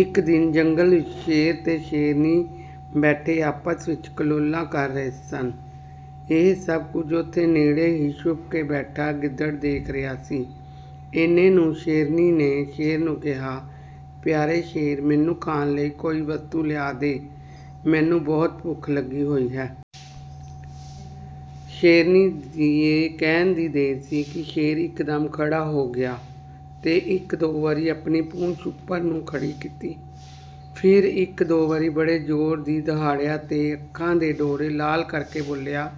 ਇੱਕ ਦਿਨ ਜੰਗਲ ਵਿੱਚ ਸ਼ੇਰ ਤੇ ਸ਼ੇਰਨੀ ਬੈਠੇ ਆਪਸ ਵਿੱਚ ਕਲੋਲਾਂ ਕਰ ਰਹੇ ਸਨ। ਇਹ ਸਭ ਕੁਝ ਉੱਥੇ ਨੇੜੇ ਹੀ ਛੁਪ ਕੇ ਬੈਠਾ ਗਿੱਦੜ ਦੇਖ ਰਿਹਾ ਸੀ। ਇੰਨੇ ਨੂੰ ਸ਼ੇਰਨੀ ਨੇ ਸ਼ੇਰ ਨੂੰ ਕਿਹਾ, ''ਪਿਆਰੇ ਸ਼ੇਰ, ਮੈਨੂੰ ਖਾਣ ਲਈ ਕੋਈ ਵਸਤੂ ਲਿਆ ਦੇ, ਮੈਨੂੰ ਬਹੁਤ ਭੁੱਖ ਲੱਗੀ ਹੋਈ ਹੈ।'' ''ਸ਼ੇਰਨੀ ਦੇ ਕਹਿਣ ਦੀ ਦੇਰ ਸੀ ਕਿ ਸ਼ੇਰ ਇਕਦਮ ਖੜ੍ਹਾ ਹੋ ਗਿਆ ਤੇ ਇੱਕ-ਦੋ ਵਾਰੀ ਆਪਣੀ ਪੂੰਛ ਉੱਪਰ ਨੂੰ ਖੜ੍ਹੀ ਕੀਤੀ। ਫਿਰ ਇੱਕ-ਦੋ ਵਾਰੀ ਬੜੇ ਜ਼ੋਰ ਦੀ ਦਹਾੜਿਆ ਤੇ ਅੱਖਾਂ ਦੇ ਡੋਰੇ ਲਾਲ ਕਰਕੇ ਬੋਲਿਆ,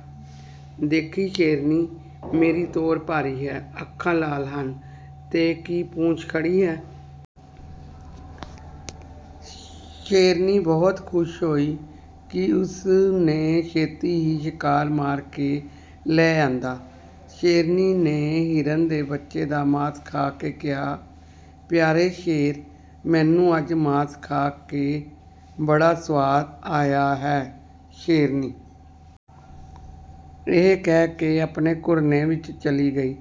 ''ਦੇਖੀਂ, ਸ਼ੇਰਨੀ, ਮੇਰੀ ਤੋਰ ਭਾਰੀ ਹੈ, ਅੱਖਾਂ ਲਾਲ ਹਨ ਤੇ ਕੀ ਪੂੰਛ ਖੜ੍ਹੀ ਹੈ?'' ਸ਼ੇਰਨੀ ਬਹੁਤ ਖ਼ੁਸ਼ ਹੋਈ ਕਿ ਉਸ ਨੇ ਛੇਤੀ ਹੀ ਸ਼ਿਕਾਰ ਮਾਰ ਕੇ ਲੈ ਆਂਦਾ। ਸ਼ੇਰਨੀ ਨੇ ਹਿਰਨ ਦੇ ਬੱਚੇ ਦਾ ਮਾਸ ਖਾ ਕੇ ਕਿਹਾ, ''ਪਿਆਰੇ ਸ਼ੇਰ, ਮੈਨੂੰ ਅੱਜ ਮਾਸ ਖਾ ਕੇ ਬੜਾ ਸੁਆਦ ਆਇਆ ਹੈ।"ਸ਼ੇਰਨੀ ਇਹ ਕਹਿ ਕੇ ਆਪਣੇ ਘੁਰਨੇ ਵਿੱਚ ਚਲੀ ਗਈ।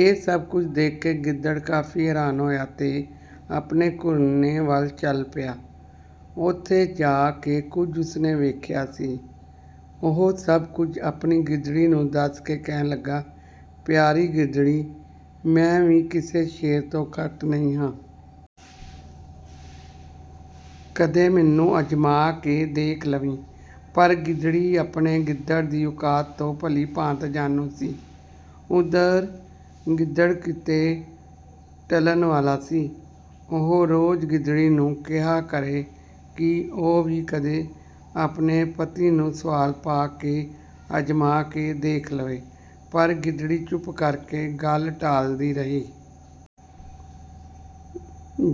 ਇਹ ਸਭ ਕੁਝ ਦੇਖ ਕੇ ਗਿੱਦੜ ਕਾਫ਼ੀ ਹੈਰਾਨ ਹੋਇਆ ਤੇ ਆਪਣੇ ਘੁਰਨੇ ਵੱਲ ਚੱਲ ਪਿਆ। ਉੱਥੇ ਜਾ ਕੇ ਜੋ ਕੁਝ ਉਸ ਨੇ ਵੇਖਿਆ ਸੀ, ਉਹ ਸਭ ਕੁਝ ਆਪਣੀ ਗਿੱਦੜੀ ਨੂੰ ਦੱਸ ਕੇ ਕਹਿਣ ਲੱਗਾ, ''ਪਿਆਰੀ ਗਿੱਦੜੀ, ਮੈਂ ਵੀ ਕਿਸੇ ਸ਼ੇਰ ਤੋਂ ਘੱਟ ਨਹੀਂ ਹਾਂ। ਕਦੇ ਮੈਨੂੰ ਅਜ਼ਮਾ ਕੇ ਦੇਖ ਲਵੀਂ।''ਪਰ ਗਿੱਦੜੀ ਆਪਣੇ ਗਿੱਦੜ ਦੀ ਔਕਾਤ ਤੋਂ ਭਲੀ-ਭਾਂਤ ਜਾਣੂ ਸੀ। ਓਧਰ ਗਿੱਦੜ ਕਿੱਥੇ ਟਲਨ ਵਾਲਾ ਸੀ। ਉਹ ਹਰ ਰੋਜ਼ ਗਿੱਦੜੀ ਨੂੰ ਕਿਹਾ ਕਰੇ ਕਿ ਉਹ ਵੀ ਕਦੇ ਆਪਨੇ ਪਤੀ ਨੂੰ ਸਵਾਲ ਪਾ ਕੇ ਅਜ਼ਮਾ ਕੇ ਦੇਖ ਲਵੇ, ਪਰ ਗਿੱਦੜੀ ਚੁੱਪ ਕਰਕੇ ਗੱਲ ਟਾਲਦੀ ਰਹੀ।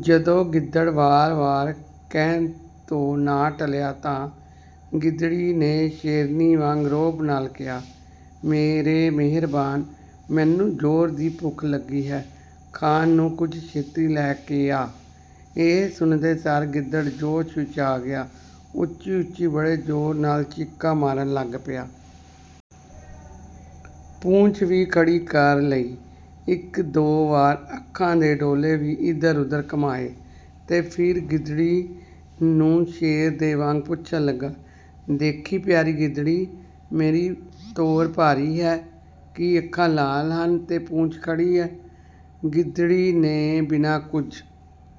ਜਦੋਂ ਗਿੱਦੜ ਵਾਰ-ਵਾਰ ਕਹਿਣ ਤੋਂ ਨਾ ਟਲਿਆ ਤਾਂ ਗਿੱਦੜੀ ਨੇ ਸ਼ੇਰਨੀ ਵਾਂਗ ਰੋਅਬ ਨਾਲ ਕਿਹਾ, ''ਮੇਰੇ ਮਿਹਰਬਾਨ, ਮੈਨੂੰ ਜ਼ੋਰ ਦੀ ਭੁੱਖ ਲੱਗੀ ਹੈ, ਖਾਣ ਨੂੰ ਕੁਝ ਛੇਤੀ ਲੈ ਕੇ ਆ।" ਇਹ ਸੁਣਦੇ ਸਾਰ ਗਿੱਦੜ ਜੋਸ਼ ਵਿੱਚ ਆ ਗਿਆ ਉੱਚੀ-ਉੱਚੀ ਬੜੇ ਜ਼ੋਰ ਨਾਲ ਚੀਕਾਂ ਮਾਰਨ ਲੱਗ ਪਿਆ। ਪੂੰਛ ਵੀ ਖੜ੍ਹੀ ਕਰ ਲਈ, ਇੱਕ-ਦੋ ਵਾਰ ਅੱਖਾਂ ਦੇ ਡੇਲੇ ਵੀ ਇੱਧਰ-ਉੱਧਰ ਘੁੰਮਾਏ ਤੇ ਫਿਰ ਗਿੱਦੜੀ ਨੂੰ ਸ਼ੇਰ ਦੇ ਵਾਂਗ ਪੁੱਛਣ ਲੱਗਾ, ''ਦੇਖੀਂ, ਪਿਆਰੀ ਗਿੱਦੜੀ, ਮੇਰੀ ਤੋਰ ਭਾਰੀ ਹੈ, ਕੀ ਅੱਖਾਂ ਲਾਲ ਹਨ ਤੇ ਪੂੰਛ ਖੜ੍ਹੀ ਹੈ?'' ਗਿੱਦੜੀ ਨੇ ਬਿਨਾਂ ਕੁਝ